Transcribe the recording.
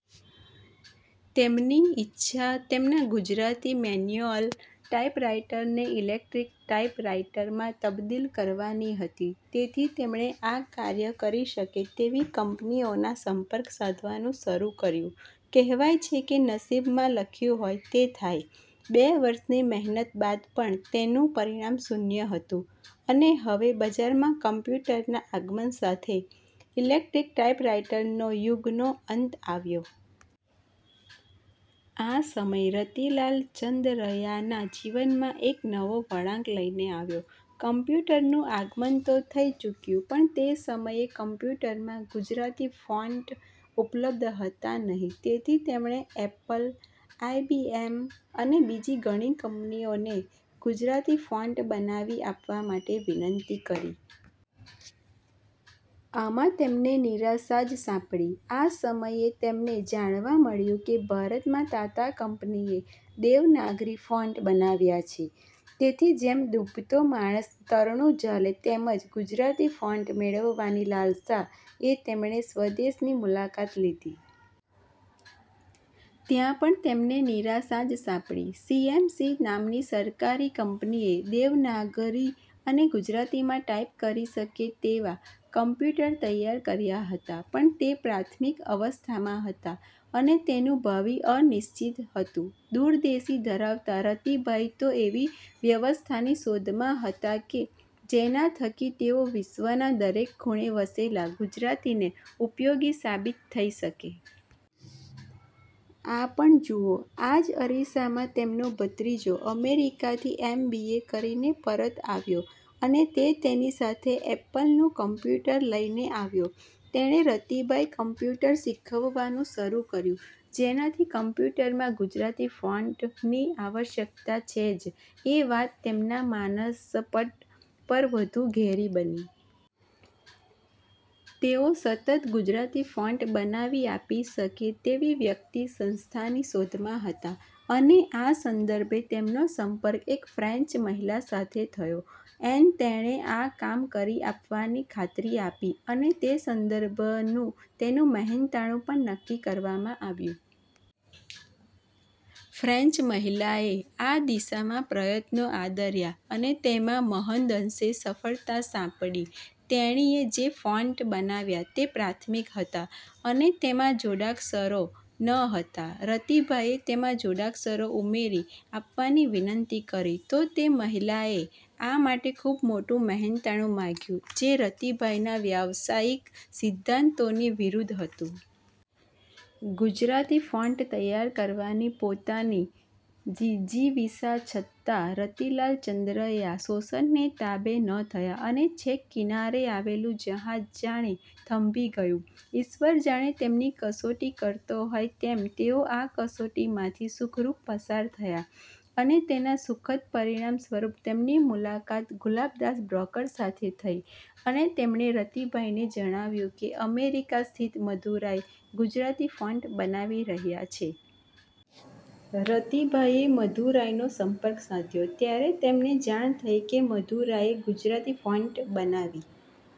તેમની ઇચ્છા તેમના ગુજરાતી મેન્યુઅલ ટાઇપરાઇટરને ઇલેક્ટ્રિક ટાઇપરાઇટરમાં તબદિલ કરવાની હતી તેથી તેમણે આ કાર્ય કરી શકે તેવી કંપનીઓના સંપર્ક સાધવાનું શરૂ કર્યું. કહેવાય છે કે નસીબમાં લખ્યું હોય તે થાય, બે વર્ષની મહેનત બાદ પણ તેનું પરિણામ શૂન્ય હતું અને હવે બજારમાં કમ્પ્યૂટરના આગમન સાથે ઇલેક્ટ્રિક ટાઇપરાઇટરનો યુગનો અંત આવ્યો. આ સમય રતિલાલ ચંદરયાના જીવનમાં એક નવો વળાંક લઈને આવ્યો. કમ્પ્યૂટરનું આગમન તો થઈ ચૂક્યું પણ તે સમયે કમ્પ્યૂટરમાં ગુજરાતી ફોન્ટ ઉપલબ્ધ હતા નહીં તેથી તેમણે એપલ, આઇબીએમ અને બીજી ઘણી કંપનીઓને ગુજરાતી ફોન્ટ બનાવી આપવા માટે વિનંતી કરી. આમાં તેમને નિરાશા જ સાંપડી. આ સમયે તેમને જાણવા મળ્યું કે ભારતમાં તાતા કંપનીએ દેવનાગરી ફોન્ટ બનાવ્યા છે તેથી જેમ ડૂબતો માણસ તરણું ઝાલે તેમ જ ગુજરાતી ફોન્ટ મેળવવાની લાલસા એ તેમણે સ્વદેશની મુલાકાત લીધી. ત્યાં પણ તેમને નિરાશા જ સાંપડી. સીએમસી નામની સરકારી કંપનીએ દેવનાગરી અને ગુજરાતીમાં ટાઇપ કરી શકે તેવા કમ્પ્યૂટર તૈયાર કર્યા હતા પણ તે પ્રાથમિક અવસ્થામાં હતાં અને તેનું ભાવિ અનિશ્ચિત હતું. દૂરંદેશી ધરાવતા રતિભાઈ તો એવી વ્યવસ્થાની શોધમાં હતા કે જેના થકી તેઓ વિશ્વના દરેક ખૂણે વસેલા ગુજરાતીને ઉપયોગી સાબિત થઈ શકે. આ પણ જુઓ: આ જ અરસામાં તેમનો ભત્રીજો અમેરિકાથી એમ. બી. એ. કરીને પરત આવ્યો અને તે તેની સાથે એપલનું કમ્પ્યૂટર લઈને આવ્યો. તેણે રતિભાઈ કમ્પ્યૂટર શીખવવાનું શરૂ કર્યું. જેનાથી કમ્પ્યૂટરમાં ગુજરાતી ફોન્ટની આવશ્યકતા છે જ એ વાત તેમના માનસપટ પર વધુ ઘેરી બની. તેઓ સતત ગુજરાતી ફોન્ટ બનાવી આપી શકે તેવી વ્યક્તિ-સંસ્થાની શોધમાં હતા અને આ સંદર્ભે તેમનો સંપર્ક એક ફ્રેન્ચ મહિલા સાથે થયો એન તેણે આ કામ કરી આપવાની ખાતરી આપી અને તે સંદર્ભનું તેનું મહેનતાણું પણ નક્કી કરવામાં આવ્યું. ફ્રેન્ચ મહિલાએ આ દિશામાં પ્રયત્નો આદર્યા અને તેમાં મહદઅંશે સફળતા સાંપડી. તેણીએ જે ફોન્ટ બનાવ્યા તે પ્રાથમિક હતા અને તેમાં જોડાક્ષરો ન હતા. રતિભાઈએ તેમાં જોડાક્ષરો ઉમેરી આપવાની વિનંતી કરી તો તે મહિલાએ આ માટે ખૂબ મોટું મહેનતાણું માંગ્યું જે રતિભાઈના વ્યવસાયિક સિદ્ધાંતોની વિરુદ્ધ હતું. ગુજરાતી ફોન્ટ તૈયાર કરવાની પોતાની જિજીવિષા છતાં રતિલાલ ચંદરયા શોષણને તાબે ન થયા અને છેક કિનારે આવેલું જહાજ જાણે થંભી ગયું. ઈશ્વર જાણે તેમની કસોટી કરતો હોય તેમ તેઓ આ કસોટીમાંથી સુખરૂપ પસાર થયા અને તેના સુખદ પરિણામ સ્વરૂપ તેમની મુલાકત ગુલાબદાસ બ્રોકર સાથે થઈ અને તેમણે રતિભાઈને જણાવ્યું કે અમેરિકા સ્થિત મધુરાય ગુજરાતી ફોન્ટ બનાવી રહ્યા છે. રતિભાઈએ મધુરાયનો સંપર્ક સાધ્યો ત્યારે તેમને જાણ થઈ કે મધુરાયે ગુજરાતી ફોન્ટ બનાવી